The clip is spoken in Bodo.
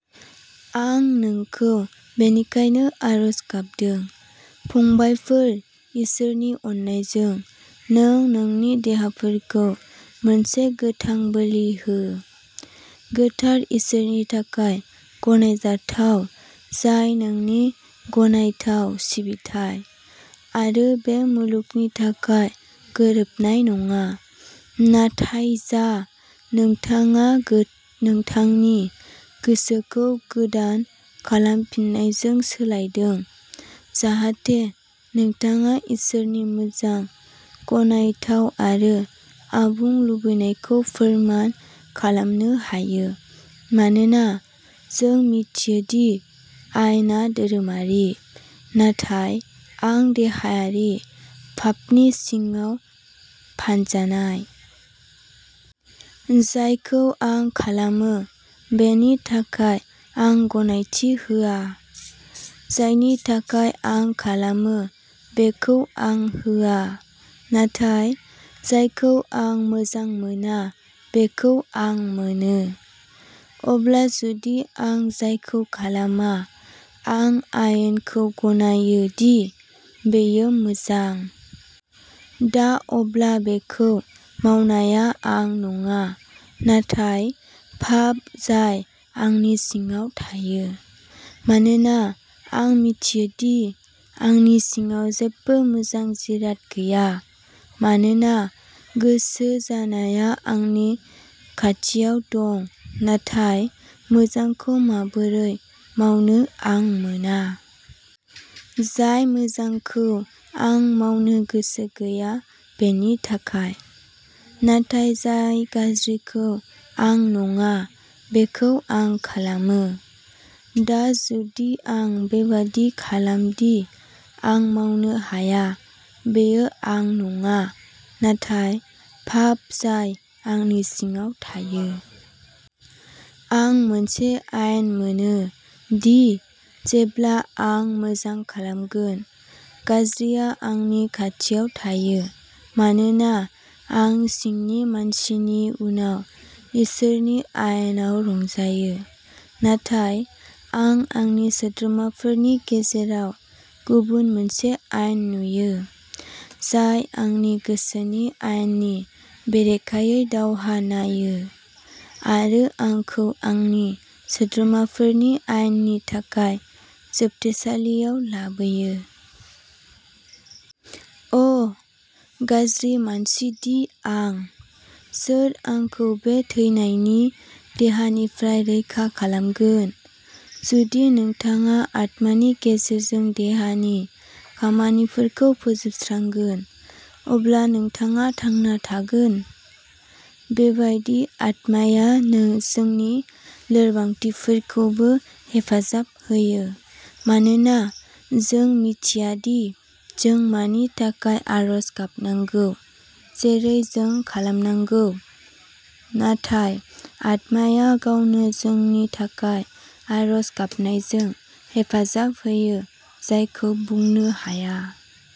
"आं नोंखौ बेनिखायनो आरज गाबदों, फंबायफोर, इसोरनि अननायजों, नों नोंनि देहाफोरखौ मोनसे गोथां बोलि हो, गोथार, इसोरनि थाखाय गनायजाथाव, जाय नोंनि गनायथाव सिबिथाइ। आरो बे मुलुगनि थाखाय गोरोबनाय नङाः नाथाय जा। नोंथाङा नोंथांनि गोसोखौ गोदान खालामफिननायजों सोलायदों, जाहाथे नोंथाङा इसोरनि मोजां, गनायथाव आरो आबुं लुबैनायखौ फोरमान खालामनो हायो "" मानोना जों मिथियो दि आयेनआ धोरोमारिः नाथाय आं देहायारि, पापनि सिङाव फानजानाय। जायखौ आं खालामो बेनि थाखाय आं गनायथि होआः जायनि थाखाय आं खालामो, बैखौ आं होआ; नाथाय जायखौ आं मोजां मोना, बैखौ आं मोनो। अब्ला जुदि आं जायखौ खालामा, आं आयेनखौ गनायो दि बेयो मोजां। दा अब्ला बेखौ मावनाया आं नङा, नाथाय पाप जाय आंनि सिङाव थायो। मानोना आं मिथियो दि आंनि सिङाव जेबो मोजां जिराद गैयाः मानोना गोसो जानाया आंनि खाथियाव दं; नाथाय मोजांखौ माबोरै मावनो आं मोना। जाय मोजांखौ आं मावनो गोसो गैया बेनि थाखायः नाथाय जाय गाज्रिखौ आं नङा, बेखौ आं खालामो। दा जुदि आं बेबादि खालामदि आं मावनो हाया, बेयो आं नङा, नाथाय पाप जाय आंनि सिङाव थायो। आं मोनसे आयेन मोनो, दि, जेब्ला आं मोजां खालामगोन, गाज्रिआ आंनि खाथियाव थायो। मानोना आं सिंनि मानसिनि उनाव इसोरनि आयेनाव रंजायोः नाथाय आं आंनि सोद्रोमाफोरनि गेजेराव गुबुन मोनसे आयेन नुयो, जाय आंनि गोसोनि आयेननि बेरेखायै दावहा नायो, आरो आंखौ आंनि सोद्रोमाफोरनि आयेननि थाखाय जोबथेसालियाव लाबोयो। अ, गाज्रि मानसि दि आं! सोर आंखौ बे थैनायनि देहानिफ्राय रैखा खालामगोन? "" जुदि नोंथाङा आत्मानि गेजेरजों देहानि खामानिफोरखौ फोजोबस्रांगोन, अब्ला नोंथाङा थांना थागोन "" बेबायदिनो आत्माया जोंनि लोरबांथिफोरखौबो हेफाजाब होयोः मानोना जों मिथिया दि जों मानि थाखाय आरज गाबनांगौ जेरै जों खालामनांगौः नाथाय आत्माया गावनो जोंनि थाखाय आरज गाबनायजों हेफाजाब होयो जायखौ बुंनो हाया।